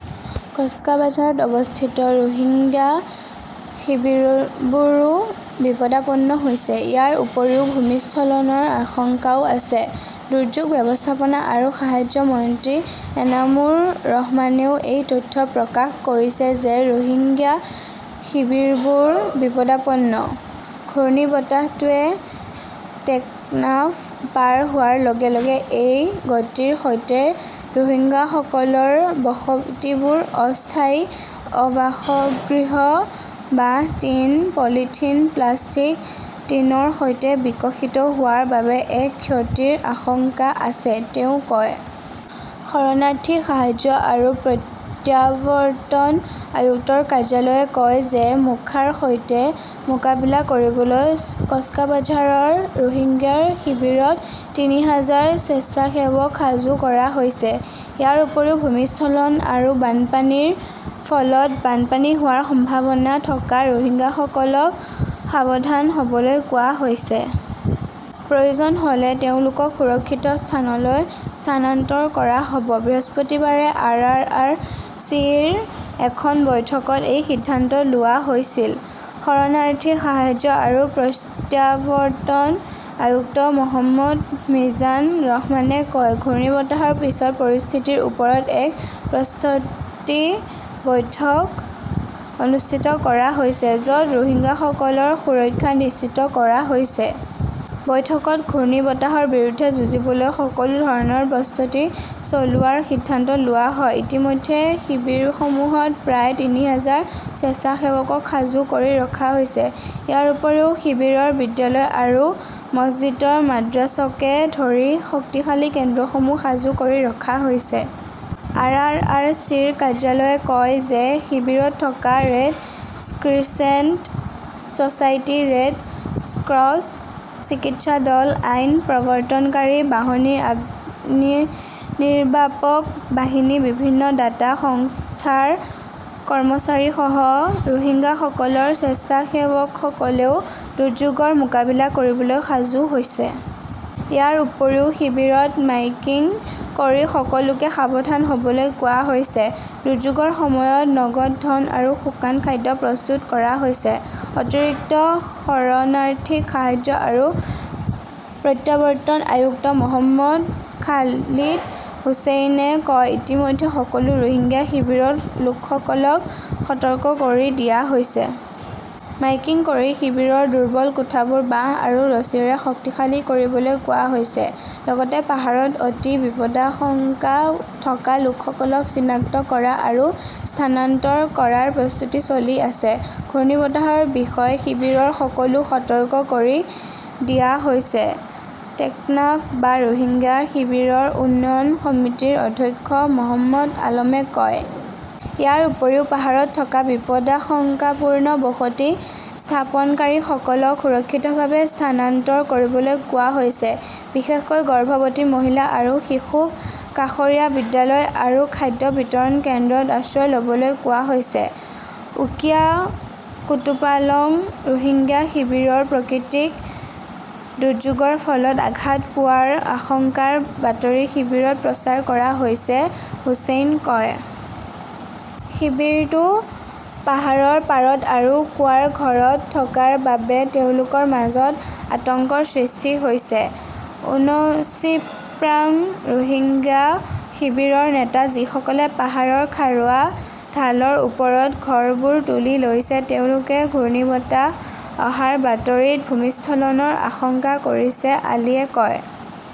কক্সবাঝাৰত অৱস্থিত ৰোহিংগ্যা শিবিৰবোৰো বিপদাপন্ন হৈছে। ইয়াৰ উপৰিও ভূমিস্খলনৰ আশংকাও আছে। দুৰ্যোগ ব্যৱস্থাপনা আৰু সাহায্য মন্ত্ৰী এনামুৰ ৰহমানেও এই তথ্য প্ৰকাশ কৰিছে যে ৰোহিংগ্যা শিবিৰবোৰ বিপদাপন্ন। "ঘূৰ্ণীবতাহটোৱে টেকনাফ পাৰ হোৱাৰ লগে লগে আৰু এই গতিৰ সৈতে, ৰোহিংগাসকলৰ বসতিবোৰ অস্থায়ী আৱাসগৃহ, বাঁহ, টিন, পলিথিন, প্লাষ্টিক টিনৰ সৈতে বিকশিত হোৱাৰ বাবে-এক ক্ষতিৰ আশংকা আছে", তেওঁ কয়। শৰণাৰ্থী সাহায্য আৰু প্ৰত্যাৱৰ্তন আয়ুক্তৰ কাৰ্যালয়ে কয় যে মোখাৰ সৈতে মোকাবিলা কৰিবলৈ কক্সবাজাৰৰ ৰোহিংগ্যা শিবিৰত তিনি হাজাৰ স্বেচ্ছাসেৱক সাজু কৰা হৈছে। ইয়াৰ উপৰিও, ভূমিস্খলন আৰু বানপানীৰ ফলত বানপানী হোৱাৰ সম্ভাৱনা থকা ৰোহিংগাসকলক সাৱধান হ'বলৈ কোৱা হৈছে। প্ৰয়োজন হ'লে তেওঁলোকক সুৰক্ষিত স্থানলৈ স্থানান্তৰ কৰা হ'ব। বৃহস্পতিবাৰে আৰ. আৰ. আৰ. চি. ৰ এখন বৈঠকত এই সিদ্ধান্ত লোৱা হৈছিল। শৰণাৰ্থী সাহায্য আৰু প্ৰত্যাৱৰ্তন আয়ুক্ত মহম্মদ মিজান ৰহমানে কয়, ঘূৰ্ণীবতাহৰ পিছৰ পৰিস্থিতিৰ ওপৰত এক প্ৰস্তুতি বৈঠক অনুষ্ঠিত কৰা হৈছে, য'ত ৰোহিংগাসকলৰ সুৰক্ষা নিশ্চিত কৰা হৈছে। বৈঠকত ঘূৰ্ণীবতাহৰ বিৰুদ্ধে যুঁজিবলৈ সকলো ধৰণৰ প্ৰস্তুতি চলোৱাৰ সিদ্ধান্ত লোৱা হয়। ইতিমধ্যে শিবিৰসমূহত প্ৰায় তিনি হাজাৰ স্বেচ্ছাসেৱকক সাজু কৰি ৰখা হৈছে। ইয়াৰ উপৰিও শিবিৰৰ বিদ্যালয় আৰু মছজিদ মাদ্ৰাছাকে ধৰি শক্তিশালী কেন্দ্ৰসমূহ সাজু কৰি ৰখা হৈছে। আৰ. আৰ. আৰ. চি. ৰ কাৰ্যালয়ে কয় যে শিবিৰত থকা Red Crescent Society, Red Cross, চিকিৎসা দল, আইন প্ৰৱৰ্তনকাৰী বাহিনী, অগ্নিনিৰ্বাপক বাহিনী, বিভিন্ন দাতা সংস্থাৰ কৰ্মচাৰীসহ ৰোহিংগাসকলৰ স্বেচ্ছাসেৱকসকলেও দুৰ্যোগৰ মোকাবিলা কৰিবলৈ সাজু হৈছে। ইয়াৰ উপৰিও শিবিৰত মাইকিং কৰি সকলোকে সাৱধান হ'বলৈ কোৱা হৈছে। দুৰ্যোগৰ সময়ত নগদ ধন আৰু শুকান খাদ্য প্ৰস্তুত কৰা হৈছে। অতিৰিক্ত শৰণাৰ্থী সাহায্য আৰু প্ৰত্যাৱৰ্তন আয়ুক্ত মহম্মদ খালিদ হুচেইনে কয়, ইতিমধ্যে সকলো ৰোহিংগ্যা শিবিৰত লোকসকলক সতৰ্ক কৰি দিয়া হৈছে। মাইকিং কৰি শিবিৰৰ দুৰ্বল কোঠাবোৰ বাঁহ আৰু ৰছীৰে শক্তিশালী কৰিবলৈ কোৱা হৈছে। লগতে পাহাৰত অতি বিপদাশংকা থকা লোকসকলক চিনাক্ত কৰা আৰু স্থানান্তৰ কৰাৰ প্ৰস্তুতি চলি আছে। ঘূৰ্ণীবতাহৰ বিষয়ে শিবিৰৰ সকলোকে সতৰ্ক কৰি দিয়া হৈছে, টেকনাফ বা ৰোহিংগ্যা শিবিৰৰ উন্নয়ন সমিতিৰ অধ্যক্ষ মহম্মদ আলমে কয়। ইয়াৰ উপৰিও পাহাৰত থকা বিপদাশংকাপূৰ্ণ বসতি স্থাপনকাৰীসকলক সুৰক্ষিতভাৱে স্থানান্তৰ কৰিবলৈ কোৱা হৈছে। বিশেষকৈ গৰ্ভৱতী মহিলা আৰু শিশুক কাষৰীয়া বিদ্যালয় আৰু খাদ্য বিতৰণ কেন্দ্ৰত আশ্ৰয় ল'বলৈ কোৱা হৈছে। উকিয়া কুতুপালং ৰোহিংগ্যা শিবিৰৰ প্ৰাকৃতিক দুৰ্যোগৰ ফলত আঘাত পোৱাৰ আশংকাৰ বাতৰি শিবিৰত প্ৰচাৰ কৰা হৈছে, হোচাইয়ে কয়। শিবিৰটো পাহাৰৰ পাৰত আৰু কুঁৱাৰ ঘৰত থকাৰ বাবে তেওঁলোকৰ মাজত আতংকৰ সৃষ্টি হৈছে। উনচিপ্ৰাং ৰোহিংগ্যা শিবিৰৰ নেতা যিসকলে পাহাৰৰ খাৰুৱা ঢালৰ ওপৰত ঘৰবোৰ তুলি লৈছে তেওঁলোকে ঘূৰ্ণীবতাহ অহাৰ বাতৰিত ভূমিস্খলনৰ আশংকা কৰিছে, আলীয়ে কয়।